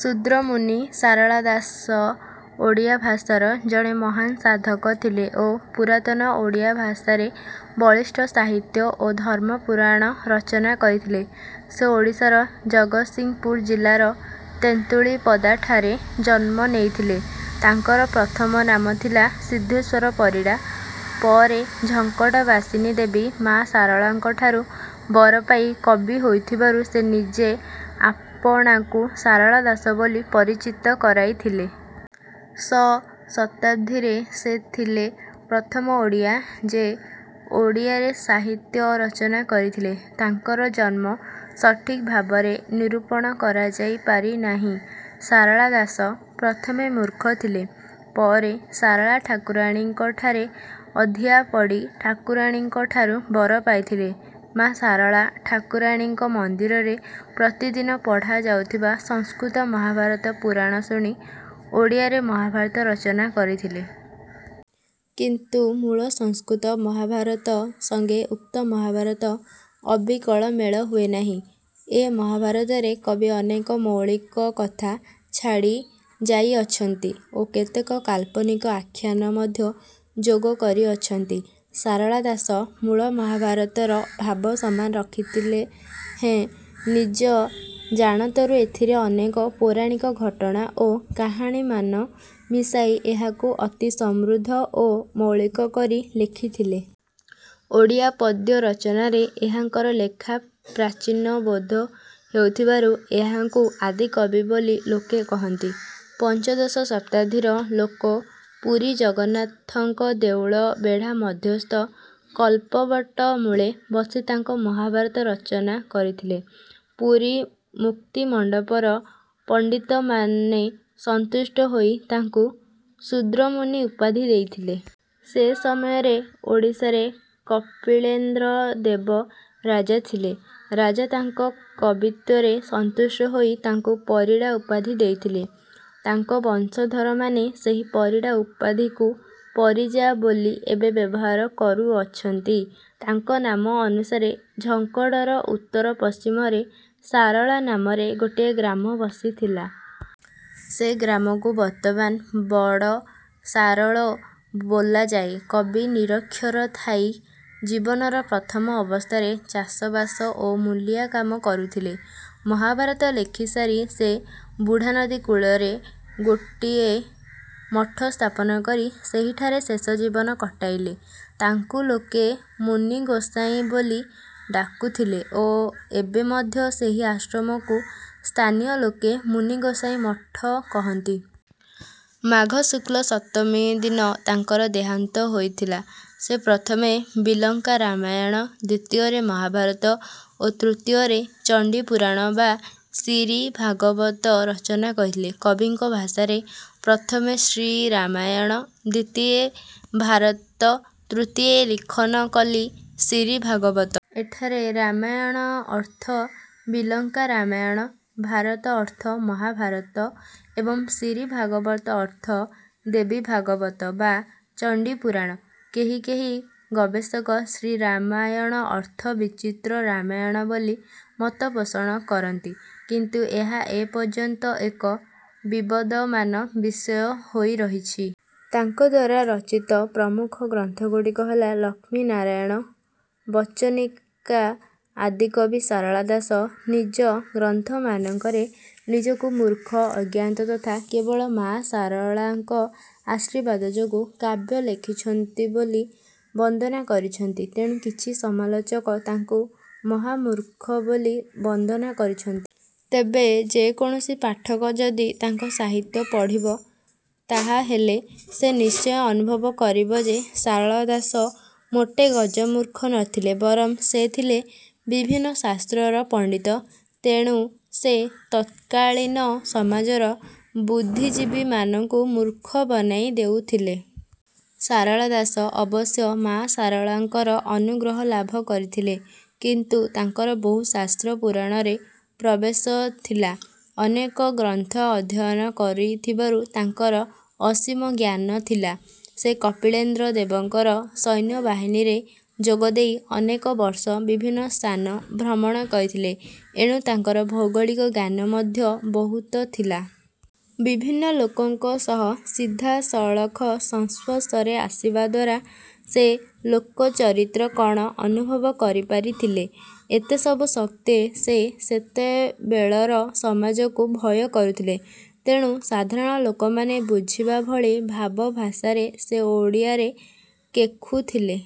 ଶୂଦ୍ରମୁନି ସାରଳା ଦାସ ଓଡ଼ିଆ ଭାଷାର ଜଣେ ମହାନ ସାଧକ ଥିଲେ ଓ ପୁରାତନ ଓଡ଼ିଆ ଭାଷାରେ ବଳିଷ୍ଠ ସାହିତ୍ୟ ଓ ଧର୍ମ ପୁରାଣ ରଚନା କରିଥିଲେ। ସେ ଓଡ଼ିଶାର ଜଗତସିଂହପୁର ଜିଲ୍ଲାର "ତେନ୍ତୁଳିପଦା"ଠାରେ ଜନ୍ମ ନେଇଥିଲେ। ତାଙ୍କର ପ୍ରଥମ ନାମ ଥିଲା "ସିଦ୍ଧେଶ୍ୱର ପରିଡ଼ା", ପରେ ଝଙ୍କଡ ବାସିନୀ ଦେବୀ ମା ଶାରଳାଙ୍କଠାରୁ ବର ପାଇ କବି ହୋଇଥିବାରୁ ସେ ନିଜେ ଆପଣାକୁ 'ସାରଳା ଦାସ' ବୋଲି ପରିଚିତ କରାଇଥିଲେ। ଶ ଶତାବ୍ଦୀରେ ସେ ଥିଲେ ପ୍ରଥମ ଓଡ଼ିଆ ଯେ ଓଡ଼ିଆରେ ସାହିତ୍ୟ ରଚନା କରିଥିଲେ। ତାଙ୍କର ଜନ୍ମ ସଠିକ ଭାବରେ ନିରୂପଣ କରାଯାଇ ପାରି ନାହିଁ। ସାରଳା ଦାସ ପ୍ରଥମେ ମୂର୍ଖ ଥିଲେ; ପରେ ସାରଳା ଠାକୁରାଣୀଙ୍କଠାରେ ଅଧିଆ ପଡ଼ି ଠାକୁରାଣୀଙ୍କଠାରୁ ବର ପାଇଥିଲେ। ମା ଶାରଳା ଠାକୁରାଣୀଙ୍କ ମନ୍ଦିରରେ ପ୍ରତି ଦିନ ପଢ଼ା ଯାଉଥିବା ସଂସ୍କୃତ ମହାଭାରତ ପୁରାଣ ଶୁଣି ଓଡ଼ିଆରେ ମହାଭାରତ ରଚନା କରିଥିଲେ। କିନ୍ତୁ ମୂଳ ସଂସ୍କୃତ ମହାଭାରତ ସଙ୍ଗେ ଉକ୍ତ ମହାଭାରତ ଅବିକଳ ମେଳ ହୁଏ ନାହିଁ। ଏ ମହାଭାରତରେ କବି ଅନେକ ମୌଳିକ କଥା ଛାଡ଼ି ଯାଇଅଛନ୍ତି ଓ କେତେକ କାଳ୍ପନିକ ଆଖ୍ୟାନ ମଧ୍ୟ ଯୋଗ କରିଅଛନ୍ତି। ସାରଳା ଦାସ ମୂଳ ମହାଭାରତର ଭାବ ସମାନ ରଖିଥିଲେ ହେଁ ନିଜ ଜାଣତରୁ ଏଥିରେ ଅନେକ ପୌରାଣିକ ଘଟଣା ଓ କାହାଣୀମାନ ମିଶାଇ ଏହାକୁ ଅତି ସମୃଦ୍ଧ ଓ ମୌଳିକ କରି ଲେଖିଥିଲେ। ଓଡ଼ିଆ ପଦ୍ୟ ରଚନାରେ ଏହାଙ୍କର ଲେଖା ପ୍ରାଚୀନ ବୋଧ ହେଉଥିବାରୁ ଏହାଙ୍କୁ ଆଦିକବି ବୋଲି ଲୋକେ କହନ୍ତି। ପଞ୍ଚଦଶ ଶତାବ୍ଦୀର ଲୋକ ପୁରୀ ଜଗନ୍ନାଥଙ୍କ ଦେଉଳ ବେଢା ମଧ୍ୟସ୍ଥ କଳ୍ପବଟ ମୂଳେ ବସି ତାଙ୍କ ମହାଭାରତ ରଚନା କରିଥିଲେ। ପୁରୀ ମୁକ୍ତିମଣ୍ଡପର ପଣ୍ଡିତମାନେ ସନ୍ତୁଷ୍ଟ ହୋଇ ତାଙ୍କୁ 'ଶୂଦ୍ରମୁନି' ଉପାଧି ଦେଇଥିଲେ। ସେ ସମୟରେ ଓଡ଼ିଶାରେ କପିଳେନ୍ଦ୍ର ଦେବ ରାଜା ଥିଲେ। ରାଜା ତାଙ୍କ କବିତ୍ୱରେ ସନ୍ତୁଷ୍ଟ ହୋଇ ତାଙ୍କୁ 'ପରିଡ଼ା' ଉପାଧି ଦେଇଥିଲେ। ତାଙ୍କ ବଂଶଧରମାନେ ସେହି 'ପରିଡ଼ା' ଉପାଧିକୁ 'ପରିଜା' ବୋଲି ଏବେ ବ୍ୟବହାର କରୁଅଛନ୍ତି। ତାଙ୍କ ନାମ ଅନୁସାରେ ଝଙ୍କଡ଼ର ଉତ୍ତର-ପଶ୍ଚିମରେ 'ସାରଳା' ନାମରେ ଗୋଟିଏ଼ ଗ୍ରାମ ବସିଥିଲା। ସେ ଗ୍ରାମକୁ ବର୍ତ୍ତମାନ 'ବଡ଼ ସାରୋଳ' ବୋଲାଯାଏ। କବି ନିରକ୍ଷର ଥାଇ ଜୀବନର ପ୍ରଥମ ଅବସ୍ଥାରେ ଚାଷବାସ ଓ ମୂଲିଆ କାମ କରୁଥିଲେ। ମହାଭାରତ ଲେଖି ସାରି ସେ ବୁଢ଼ାନଦୀ କୂଳରେ ଗୋଟିଏ ମଠ ସ୍ଥାପନ କରି ସେହିଠାରେ ଶେଷ ଜୀବନ କଟାଇଲେ। ତାଙ୍କୁ ଲୋକେ 'ମୁନିଗୋସାଇଁ' ବୋଲି ଡାକୁଥିଲେ ଓ ଏବେ ମଧ୍ୟ ସେହି ଆଶ୍ରମକୁ ସ୍ଥାନୀୟ ଲୋକେ ମୁନି ଗୋସାଈଁ ମଠ କହନ୍ତି। ମାଘ ଶୁକ୍ଳ ସପ୍ତମୀ ଦିନ ତାଙ୍କର ଦେହାନ୍ତ ହୋଇଥିଲା। ସେ ପ୍ରଥମେ ବିଲଙ୍କା ରାମାୟଣ, ଦ୍ୱିତୀୟରେ ମହାଭାରତ ଓ ତୃତୀୟରେ ଚଣ୍ଡୀପୁରାଣ ବା ଶିରୀ ଭାଗବତ ରଚନା କରିଛନ୍ତି। କବିଙ୍କ ଭାଷାରେ:- "ପ୍ରଥମେ ଶ୍ରୀ ରାମାୟଣ ଦ୍ୱିତୀୟେ ଭାରତ ତୃତୀୟେ ଲିଖନ କଲି ଶିରୀ ଭାଗବତ"। ଏଠାରେ ରାମାୟଣ ଅର୍ଥ 'ବିଲଙ୍କା ରାମାୟଣ', ଭାରତ ଅର୍ଥ 'ମହାଭାରତ' ଏବଂ ଶିରୀ ଭାଗବତ ଅର୍ଥ 'ଦେବୀ ଭାଗବତ' ବା 'ଚଣ୍ଡୀପୁରାଣ'। କେହି କେହି ଗବେଷକ ଶ୍ରୀ ରାମାୟଣ ଅର୍ଥ ବିଚିତ୍ର ରାମାୟଣ ବୋଲି ମତପୋଷଣ କରନ୍ତି। କିନ୍ତୁ ଏହା ଏପର୍ଯ୍ୟନ୍ତ ଏକ ବିବଦମାନ ବିଷୟ ହୋଇରହିଛି। ତାଙ୍କଦ୍ୱାରା ରଚିତ ପ୍ରମୁଖ ଗ୍ରନ୍ଥଗୁଡିକ ହେଲା:- ଲକ୍ଷ୍ମୀନାରାୟଣ ବଚନିକା ଆଦିକବି ଶାରଳା ଦାସ ନିଜ ଗ୍ରନ୍ଥମାନଙ୍କରେ ନିଜକୁ ମୁର୍ଖ, ଅଜ୍ଞାନ ତଥା କେବଳ ମା ଶାରଳାଙ୍କ ଆଶୀର୍ବାଦ ଯୋଗୁ କାବ୍ୟ ଲେଖିଛ୍ହନ୍ତି ବୋଲି ବର୍ଣ୍ଣନା କରିଛନ୍ତି; ତେଣୁ କିଛି ସମାଲୋଚକ ତାଙ୍କୁ ମହାମୁର୍ଖ ବୋଲି ବର୍ଣ୍ଣନା କରିଛନ୍ତି। ତେବେ ଯେକୌଣସି ପାଠକ ଯଦି ତାଙ୍କ ସାହିତ୍ୟ ପଢ଼ିବ, ତାହାହେଲେ ସେ ନିଶ୍ଚୟ ଅନୁଭବ କରିବ ଯେ ଶାରଳା ଦାସ ମୋଟେ ଗଜମୁର୍ଖ ନ ଥିଲେ। ବରଂ ସେ ଥିଲେ ବିଭିନ୍ନ ଶାସ୍ତ୍ରର ପଣ୍ଡିତ, ତେଣୁ ସେ ତତ୍କାଳୀନ ସମାଜର ବୁଦ୍ଧିଜୀବିମାନଙ୍କୁ ମୂର୍ଖ ବନାଇ ଦେଉଥିଲେ। ଶାରଳା ଦାସ ଅବଶ୍ୟ ମା ଶାରଳାଙ୍କର ଅନୁଗ୍ରହ ଲାଭ କରିଥିଲେ, କିନ୍ତୁ ତାଙ୍କର ବହୁ ଶାସ୍ତ୍ର ପୁରାଣରେ ପ୍ରବେଶ ଥିଲା। ଅନେକ ଗ୍ରନ୍ଥ ଅଧ୍ୟୟନ କରିଥିବାରୁ ତାଙ୍କର ଅସୀମ ଜ୍ଞାନ ଥିଲା। ସେ କପିଳେନ୍ଦ୍ରଦେବଙ୍କର ସୈନ୍ୟବାହିନୀରେ ଯୋଗଦେଇ ଅନେକବର୍ଷ ବିଭିନ୍ନ ସ୍ଥାନ ଭ୍ରମଣ କରିଥିଲେ, ଏଣୁ ତାଙ୍କର ଭୌଗଳିକ ଜ୍ଞାନ ମଧ୍ୟ ବହୁତ ଥିଲା। ବିଭିନ୍ନ ଲୋକଙ୍କ ସହ ସିଧାସଳଖ ସଂସ୍ପର୍ଶରେ ଆସିବାଦ୍ୱାରା ସେ ଲୋକଚରିତ୍ର କଣ ଅନୁଭବ କରିପାରିଥିଲେ। ଏତେ ସବୁ ସତ୍ତ୍ୱେ ସେ ସେତେବେଳର ସମାଜକୁ ଭୟ କରୁଥିଲେ, ତେଣୁ ସାଧାରଣ ଲୋକମାନେ ବୁଝିବା ଭଳି ଭାବ ଭାଷାରେ ସେ ଓଡ଼ିଆରେ କେଖୁଥିଲେ।